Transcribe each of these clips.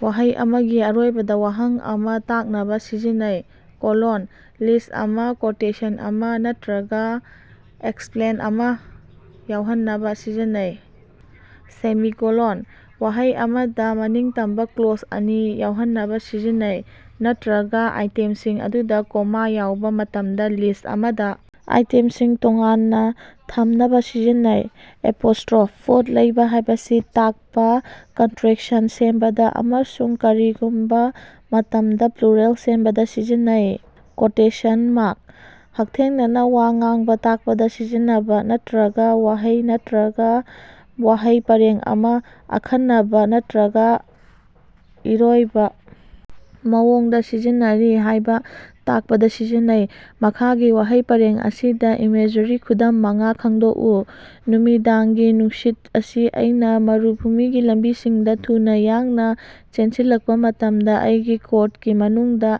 ꯋꯥꯍꯩ ꯑꯃꯒꯤ ꯑꯔꯣꯏꯕꯗ ꯋꯥꯍꯪ ꯑꯃꯥ ꯇꯥꯛꯅꯕ ꯁꯤꯖꯤꯟꯅꯩ꯫ ꯀꯣꯂꯣꯟ: ꯂꯤꯁ꯭ꯠ ꯑꯃꯥ, ꯀꯣꯇꯦꯁꯟ ꯑꯃꯥ ꯅꯠꯇꯔꯒ ꯑꯦꯛꯁꯄꯂꯦꯟ ꯑꯃꯥ ꯌꯥꯎꯍꯟꯅꯕ ꯁꯤꯖꯤꯟꯅꯩ꯫ ꯁꯦꯃꯤꯀꯣꯂꯣꯟ: ꯋꯥꯍꯩ ꯑꯃꯗ ꯃꯅꯤꯡꯇꯝꯕ ꯀ꯭ꯂꯣꯖ ꯑꯅꯤ ꯌꯥꯎꯍꯟꯅꯕ ꯁꯤꯖꯤꯟꯅꯩ, ꯅꯠꯇꯔꯒ ꯑꯥꯏꯇꯦꯝꯁꯤꯡ ꯑꯗꯨꯗ ꯀꯣꯃꯥ ꯌꯥꯎꯕ ꯃꯇꯝꯗ ꯂꯤꯁ꯭ꯠ ꯑꯃꯗ ꯑꯥꯏꯇꯦꯝꯁꯤꯡ ꯇꯣꯉꯥꯟꯅ ꯊꯝꯅꯕꯥ ꯁꯤꯖꯤꯟꯅꯩ꯫ ꯑꯦꯄꯣꯁ꯭ꯇꯔꯣꯐ: ꯄꯣꯠ ꯂꯩꯕ ꯍꯥꯏꯕꯁꯤ ꯇꯥꯛꯄꯥ, ꯀꯟꯇꯔꯦꯛꯁꯟ ꯁꯦꯝꯕꯗ, ꯑꯃꯁꯨꯡ ꯀꯔꯤꯒꯨꯝꯕ ꯃꯇꯝꯗ ꯄ꯭ꯂꯨꯔꯥꯜ ꯁꯦꯝꯕꯗ ꯁꯤꯖꯤꯟꯅꯩ꯫ ꯀꯣꯑꯣꯇꯦꯁꯟ ꯃꯥꯔꯛ: ꯍꯛꯊꯦꯡꯅꯅꯥ ꯋꯥ ꯉꯥꯡꯕꯥ ꯇꯥꯛꯄꯗ ꯁꯤꯖꯤꯟꯅꯕ, ꯅꯠꯇꯔꯒ ꯋꯥꯍꯩ ꯅꯠꯇꯔꯒ ꯋꯥꯍꯩ ꯄꯔꯦꯡ ꯑꯃꯥ ꯑꯈꯟꯅꯕ ꯅꯠꯇꯔꯒ ꯏꯔꯣꯏꯕ ꯃꯑꯣꯡꯗꯥ ꯁꯤꯖꯤꯟꯅꯔꯤ ꯍꯥꯏꯕꯥ ꯇꯥꯛꯄꯗꯥ ꯁꯤꯖꯤꯟꯅꯩ꯫ ꯃꯈꯥꯒꯤ ꯋꯥꯍꯩ ꯄꯔꯦꯡ ꯑꯁꯤꯗꯥ ꯏꯃꯦꯖꯔꯤꯒꯤ ꯈꯨꯗꯝ ꯃꯉꯥ ꯈꯪꯗꯣꯛꯎ: ꯅꯨꯃꯤꯗꯥꯡꯒꯤ ꯅꯨꯡꯁꯤꯠ ꯑꯁꯤ ꯑꯩꯅ ꯃꯔꯨꯚꯨꯃꯤꯒꯤ ꯂꯝꯕꯤꯁꯤꯡꯗꯥ ꯊꯨꯅꯥ ꯌꯥꯡꯅ ꯆꯦꯟꯁꯤꯜꯂꯛꯄꯥ ꯃꯇꯝꯗ ꯑꯩꯒꯤ ꯀꯣꯠꯀꯤ ꯃꯅꯨꯡꯗ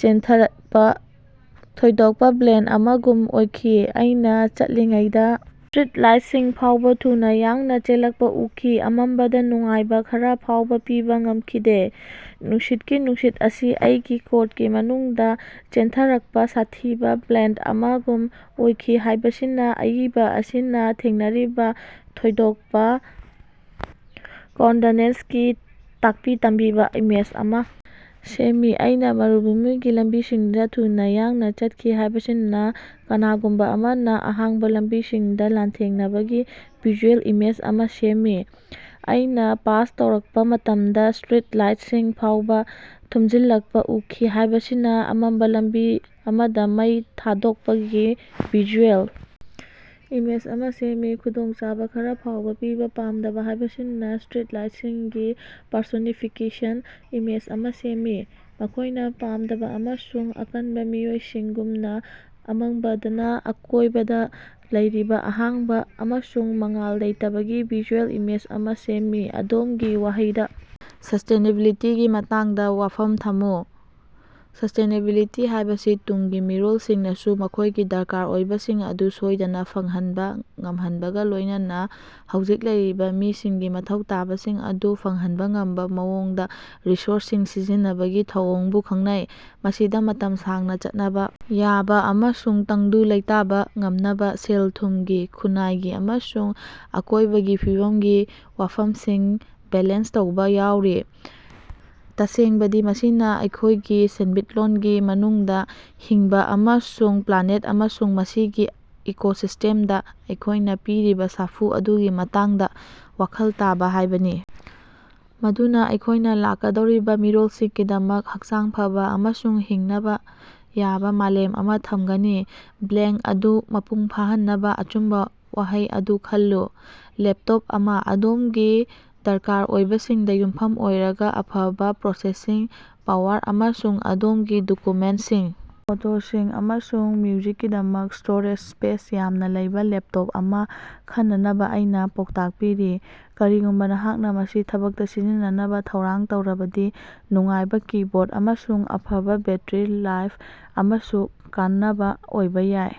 ꯆꯦꯟꯊꯔꯛꯄ ꯊꯣꯏꯗꯣꯛꯄꯥ ꯕ꯭ꯂꯦꯗ ꯑꯃꯒꯨꯝ ꯑꯣꯏꯈꯤ꯫ ꯑꯩꯅꯥ ꯆꯠꯂꯤꯉꯩꯗ ꯁ꯭ꯇꯔꯤꯠꯂꯥꯏꯠꯁꯤꯡ ꯐꯥꯎꯕ ꯊꯨꯅꯥ ꯌꯥꯡꯅ ꯆꯦꯜꯂꯛꯄꯥ ꯎꯈꯤ, ꯑꯃꯝꯕꯗ ꯅꯨꯡꯉꯥꯏꯕ ꯈꯔꯥ ꯐꯥꯎꯕ ꯄꯤꯕ ꯉꯝꯈꯤꯗꯦ꯫ ꯅꯨꯡꯁꯤꯠꯀꯤ ꯅꯨꯡꯁꯤꯠ ꯑꯁꯤ ꯑꯩꯒꯤ ꯀꯣꯠꯀꯤ ꯃꯅꯨꯡꯗꯥ ꯆꯦꯟꯊꯔꯛꯄꯥ ꯁꯥꯊꯤꯕꯥ ꯕ꯭ꯂꯦꯗ ꯑꯃꯒꯨꯝ ꯑꯣꯏꯈꯤ ꯍꯥꯏꯕꯁꯤꯅ ꯑꯏꯕ ꯑꯁꯤꯅ ꯊꯦꯡꯅꯔꯤꯕ ꯊꯣꯏꯗꯣꯛꯄ ꯀꯣꯜꯗꯅꯦꯁꯀꯤ ꯇꯥꯛꯄꯤ ꯇꯝꯕꯤꯕ ꯏꯃꯦꯖ ꯑꯃꯥ ꯁꯦꯝꯃꯤ꯫ ꯑꯩꯅꯥ ꯃꯔꯨꯚꯨꯃꯤꯒꯤ ꯂꯝꯕꯤꯁꯤꯡꯗ ꯊꯨꯅ ꯌꯥꯡꯅ ꯆꯠꯈꯤ ꯍꯥꯏꯕꯁꯤꯅ ꯀꯅꯥꯒꯨꯝꯕ ꯑꯃꯅ ꯑꯍꯥꯡꯕ ꯂꯝꯕꯤꯁꯤꯡꯗ ꯂꯥꯟꯊꯦꯡꯅꯕꯒꯤ ꯚꯤꯖꯨꯑꯦꯜ ꯏꯃꯦꯖ ꯑꯃꯥ ꯁꯦꯝꯃꯤ꯫ ꯑꯩꯅꯥ ꯄꯥꯁ ꯇꯧꯔꯛꯄ ꯃꯇꯝꯗ ꯁ꯭ꯇꯔꯤꯠ ꯂꯥꯏꯠꯁꯤꯡ ꯐꯥꯎꯕ ꯊꯨꯝꯖꯤꯜꯂꯛꯄ ꯎꯈꯤ ꯍꯥꯏꯕꯁꯤꯅ ꯑꯃꯝꯕ ꯂꯝꯕꯤ ꯑꯃꯗ ꯃꯩ ꯊꯥꯗꯣꯛꯄꯒꯤ ꯚꯤꯖꯨꯑꯦꯜ ꯏꯃꯦꯖ ꯑꯃꯥ ꯁꯦꯝꯃꯤ꯫ ꯈꯨꯗꯣꯡꯆꯥꯕ ꯈꯔꯥ ꯐꯥꯎꯕ ꯄꯤꯕ ꯄꯥꯝꯗꯕ ꯍꯥꯏꯕꯁꯤꯅ ꯁ꯭ꯇꯔꯤꯠꯂꯥꯏꯠꯁꯤꯡꯒꯤ ꯄꯔꯁꯣꯅꯤꯐꯤꯀꯦꯁꯟ ꯏꯃꯦꯖ ꯑꯃꯥ ꯁꯦꯝꯃꯤ, ꯃꯈꯣꯏꯅꯥ ꯄꯥꯝꯗꯕ ꯑꯃꯁꯨꯡ ꯑꯀꯟꯕ ꯃꯤꯑꯣꯏꯁꯤꯡꯒꯨꯝꯅꯥ꯫ ꯑꯃꯪꯕꯗꯥ ꯅꯥ ꯑꯀꯣꯏꯕꯗ ꯂꯩꯔꯤꯕ ꯑꯍꯥꯡꯕ ꯑꯃꯁꯨꯡ ꯃꯉꯥꯜ ꯂꯩꯇꯕꯒꯤ ꯚꯤꯖꯨꯑꯦꯜ ꯏꯃꯦꯖ ꯑꯃꯥ ꯁꯦꯝꯃꯤ꯫ ꯑꯗꯣꯝꯒꯤ ꯋꯥꯍꯩꯗ, ꯁꯁ꯭ꯇꯦꯅꯦꯕꯤꯂꯤꯇꯤꯒꯤ ꯃꯇꯥꯡꯗ ꯋꯥꯐꯝ ꯊꯝꯃꯨ꯫ ꯁꯁ꯭ꯇꯦꯅꯦꯕꯤꯂꯤꯇꯤ ꯍꯥꯏꯕꯁꯤ ꯇꯨꯡꯒꯤ ꯃꯤꯔꯣꯜꯁꯤꯡꯅꯁꯨ ꯃꯈꯣꯏꯒꯤ ꯗꯔꯀꯥꯔ ꯑꯣꯏꯕꯁꯤꯡ ꯑꯗꯨ ꯁꯣꯏꯗꯅ ꯐꯪꯍꯟꯕ ꯉꯝꯍꯟꯕꯒ ꯂꯣꯏꯅꯅꯥ ꯍꯧꯖꯤꯛ ꯂꯩꯔꯤꯕ ꯃꯤꯁꯤꯡꯒꯤ ꯃꯊꯧ ꯇꯥꯕꯁꯤꯡ ꯑꯗꯨ ꯐꯪꯍꯟꯕ ꯉꯝꯕ ꯃꯑꯣꯡꯗ ꯔꯤꯁꯣꯔꯁꯁꯤꯡ ꯁꯤꯖꯤꯟꯅꯕꯒꯤ ꯊꯧꯑꯣꯡꯕꯨ ꯈꯪꯅꯩ꯫ ꯃꯁꯤꯗ ꯃꯇꯝ ꯁꯥꯡꯅ ꯆꯠꯅꯕ ꯌꯥꯕ ꯑꯃꯁꯨꯡ ꯇꯪꯗꯨ ꯂꯩꯇꯥꯕ ꯉꯝꯅꯕ ꯁꯦꯜ-ꯊꯨꯝꯒꯤ, ꯈꯨꯟꯅꯥꯏꯒꯤ ꯑꯃꯁꯨꯡ ꯑꯀꯣꯏꯕꯒꯤ ꯐꯤꯕꯝꯒꯤ ꯋꯥꯐꯝꯁꯤꯡ ꯕꯦꯂꯦꯟꯁ ꯇꯧꯕ ꯌꯥꯎꯔꯤ꯫ ꯇꯁꯦꯡꯕꯗꯤ ꯃꯁꯤꯅꯥ ꯑꯩꯈꯣꯏꯒꯤ ꯁꯦꯟꯃꯤꯠꯂꯣꯟꯒꯤ ꯃꯅꯨꯡꯗ ꯍꯤꯡꯕ ꯑꯃꯁꯨꯡ ꯄ꯭ꯂꯥꯅꯦꯠ ꯑꯃꯁꯨꯡ ꯃꯁꯤꯒꯤ ꯏꯀꯣꯁꯤꯁ꯭ꯇꯦꯝꯗ ꯑꯩꯈꯣꯏꯅꯥ ꯄꯤꯔꯤꯕ ꯁꯥꯐꯨ ꯑꯗꯨꯒꯤ ꯃꯇꯥꯡꯗ ꯋꯥꯈꯜ ꯇꯥꯕ ꯍꯥꯏꯕꯅꯤ, ꯃꯗꯨꯅ ꯑꯩꯈꯣꯏꯅ ꯂꯥꯛꯀꯗꯧꯔꯤꯕ ꯃꯤꯔꯣꯜꯁꯤꯡꯒꯤꯗꯃꯛ ꯍꯛꯆꯥꯡ ꯐꯕꯥ ꯑꯃꯁꯨꯡ ꯍꯤꯡꯅꯕ ꯌꯥꯕ ꯃꯥꯂꯦꯝ ꯑꯃꯥ ꯊꯝꯒꯅꯤ꯫ ꯕ꯭ꯂꯦꯡ ꯑꯗꯨ ꯃꯄꯨꯡ ꯐꯥꯍꯟꯅꯕꯥ ꯑꯆꯨꯝꯕꯥ ꯋꯥꯍꯩ ꯑꯗꯨ ꯈꯜꯂꯨ꯫ ꯂꯦꯞꯇꯣꯞ ꯑꯃ ꯑꯗꯣꯝꯒꯤ ꯗꯔꯀꯥꯔ ꯑꯣꯏꯕꯁꯤꯡꯗꯥ ꯌꯨꯝꯐꯝ ꯑꯣꯏꯔꯒꯥ, ꯑꯐꯕ ꯄ꯭ꯔꯣꯁꯦꯁꯤꯡ ꯄꯥꯋꯔ ꯑꯃꯁꯨꯡ ꯑꯗꯣꯝꯒꯤ ꯗꯣꯀꯨꯃꯦꯟꯠꯁꯤꯡ, ꯐꯣꯇꯣꯁꯤꯡ, ꯑꯃꯁꯨꯡ ꯃ꯭ꯌꯨꯖꯤꯛꯀꯤꯗꯃꯛ ꯁ꯭ꯇꯣꯔꯦꯖ ꯁ꯭ꯄꯦꯁ ꯌꯥꯝꯅ ꯂꯩꯕ ꯂꯦꯞꯇꯣꯞ ꯑꯃꯥ ꯈꯟꯅꯅꯕ ꯑꯩꯅ ꯄꯥꯎꯇꯥꯛ ꯄꯤꯔꯤ꯫ ꯀꯔꯤꯒꯨꯝꯕ ꯅꯍꯥꯛꯅ ꯃꯁꯤ ꯊꯕꯛꯇ ꯁꯤꯖꯤꯟꯅꯅꯕ ꯊꯧꯔꯥꯡ ꯇꯧꯔꯕꯗꯤ, ꯅꯨꯡꯉꯥꯏꯕ ꯀꯤꯕꯣꯔꯗ ꯑꯃꯁꯨꯡ ꯑꯐꯕꯥ ꯕꯦꯠꯇꯔꯤ ꯂꯥꯏꯐ ꯑꯃꯁꯨ ꯀꯥꯟꯅꯕ ꯑꯣꯏꯕ ꯌꯥꯏ꯫